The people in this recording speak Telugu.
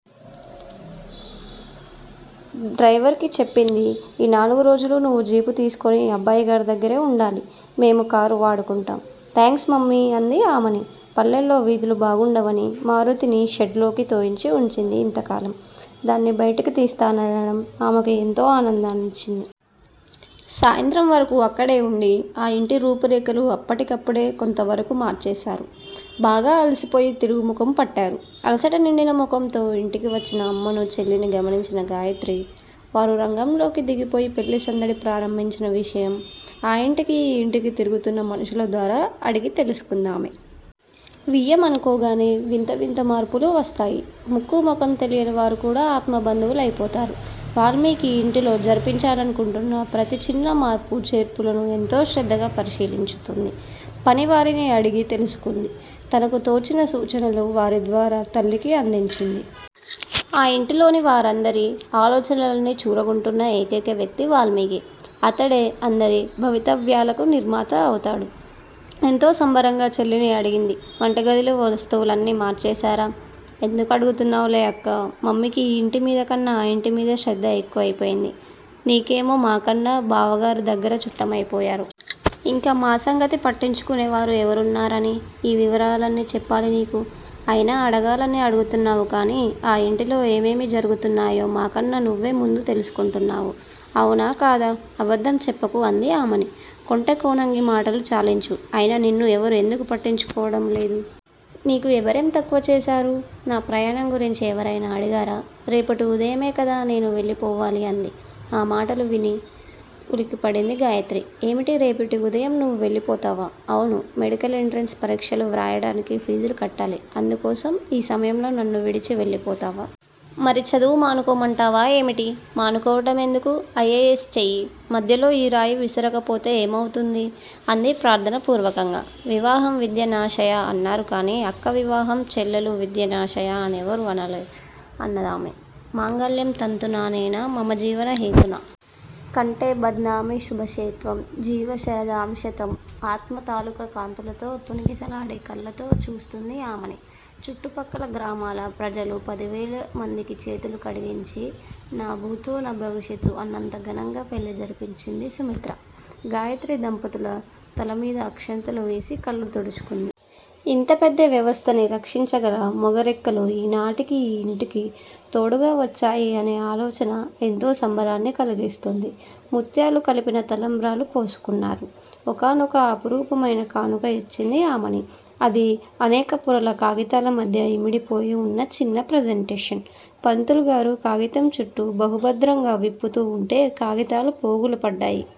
డ్రయివర్ కి చెప్పింది. ఈ నాలుగు రోజులూ నువ్వు జీపు తీసుకుని అబ్బాయిగారి దగ్గరే ఉండాలి. మేము కారు వాడుకుంటాం థాంక్సు మమ్మీ! అంది ఆమని. పల్లెలో వీధులు బావుండవని మారుతిని షెడ్ లోకి తోయించి ఉంచింది ఇంతకాలం. దాన్ని బయటకు తీస్తాననటం ఆమెకు ఎంతో ఆనందాన్నిచ్చింది. సాయంత్రం వరకు అక్కడే ఉండి ఆ ఇంటి రూపు రేఖలు అప్పటికప్పుడే కొంతవరకూ మార్చేశారు. బాగా అలసిపోయి తిరుగుముఖం పట్టారు. అలసట నిండిన ముఖంతో యింటికి వచ్చిన అమ్మను చెల్లిని గమనించింది గాయత్రి. వారు రంగంలోకి దిగిపోయి పెళ్ళి సందడి ప్రారంభించిన విషయం ఆ ఇంటికి ఈ ఇంటికి తిరుగుతున్న మనుషులద్వారా అడిగి తెలుసుకుందామె. వియ్యం అనుకోగానే వింత వింత మార్పులు వస్తాయి. ముక్కు ముఖం తెలియని వారు కూడ ఆత్మబంధువులు అయిపోతారు. వాల్మీకి ఇంటిలో జరిపించాలనుకుంటున్న ప్రతి చిన్న మార్పు చేర్పులను ఎంతో శ్రద్ధగా పరిశీలించుతోంది. పని వారిని అడిగి తెలుసుకుంది. తనకు తోచిన సూచనలు వారిద్వారా తల్లికి అందించింది! ఆ యింటిలోని వారందరి ఆలోచనలన్ని చూరగొంటున్న ఏకైక వ్యక్తి వాల్మీకి! అతడే అందరి భవితవ్యాలకు నిర్మాత అవుతాడు. ఎంతో సంబరంగా చెల్లిని అడిగింది. వంటగదిలో వస్తువులు అన్నీ మార్పించేశారా? ఎందుకు అడుగుతావులే అక్కా! మమ్మీకి ఈ యింటిమీద కన్నా ఆ ఇంటిమీద శ్రద్ధ ఎక్కువయిపోయింది. నీకేమో మా కన్నా బావగారు దగ్గర చుట్టమయిపోయారు. ఇంక మా సంగతి పట్టించుకునేవారు ఎవరున్నారని ఈ వివరాలన్నీ చెప్పాలి నీకు? అయినా అడగాలని అడుగుతున్నావు కాని ఆ యింటిలో ఏమేమి జరుగున్నాయో మా కన్నా నువ్వే ముందుగా తెలుసుకుంటున్నావు. అవునా? కాదా? అబద్ధం చెప్పకు అంది ఆమని! కొంటె కోణంగి మాటలు చాలించు! అయినా నిన్ను ఎవరూ ఎందుకు పట్టించుకోవటం లేదు? నీకు ఎవరేం తక్కువ చేశారు? నా ప్రయాణం గురించి ఎవరయినా అడిగారా? రేపటి ఉదయమే కదా నేను వెళ్ళిపోవాలి! అంది. ఈ మాటలు విని ఉలికిపడింది గాయత్రి. ఏమిటి రేపటి ఉదయం నువ్వు వెళ్ళిపోతావా? అవును! మెడికల్ ఎంట్రన్స్ పరీక్షలు వ్రాయటానికి ఫీజులు కట్టాలి అందుకోసం ఈ సమయంలో నన్ను విడిచి వెళ్ళిపోతావా? మరి చదువు మానుకోమంటావా ఏమిటి? మానుకోవటం ఎందుకు? ఐ. ఏ. ఎస్. చెయ్యి! మధ్యలో ఈ రాయి విసరకపొతే ఏమవుతుంది? అంది ప్రార్ధనా పూర్వకంగా! వివాహం విద్య నాశాయ అన్నారు కాని అక్క వివాహం చెల్లెలు విద్య నాశాయ అని ఎవరూ అనలేదు అన్నదామె. మాంగల్యం తంతునానేన-మమజీవన హేతునా! కంఠే బధ్నామి శుభాశేత్వం జీవ శరదాం శతం ఆత్మ తాలూకు కాంతులతో తొణికిసలాడే కళ్ళతో చూస్తోంది ఆమని. చుట్టుప్రక్కల గ్రామాల ప్రజలు పదివేలమందికి చేతులు కడిగించి న భూతో నభవిష్యతి అన్నంత ఘనంగా పెళ్ళి జరిపించింది సుమిత్ర. గాయత్రి దంపతుల తలమీద అక్షతలు వేసి కళ్ళు తుడుచుకుంది. ఇంత పెద్ద వ్యవస్థని రక్షించగల మగరెక్కలు ఈనాటికి ఈ యింటికి తోడుగా వచ్చాయి అనే ఆలోచన ఎంతో సంబరాన్ని కలిగిస్తోంది. ముత్యాలు కలిపిన తలంబ్రాలు పోసుకున్నారు. ఒకానొక అపురూపమయిన కానుక యిచ్చింది ఆమని. అది అనేక పొరల కాగితాలమధ్య ఇమిడిపోయి ఉన్న చిన్న ప్రజంటేషన్. పంతులుగారు కాగితం చుట్ట బహుభద్రంగా విప్పుతూ ఉంటే కాగితాలు పోగులుపడ్డాయి.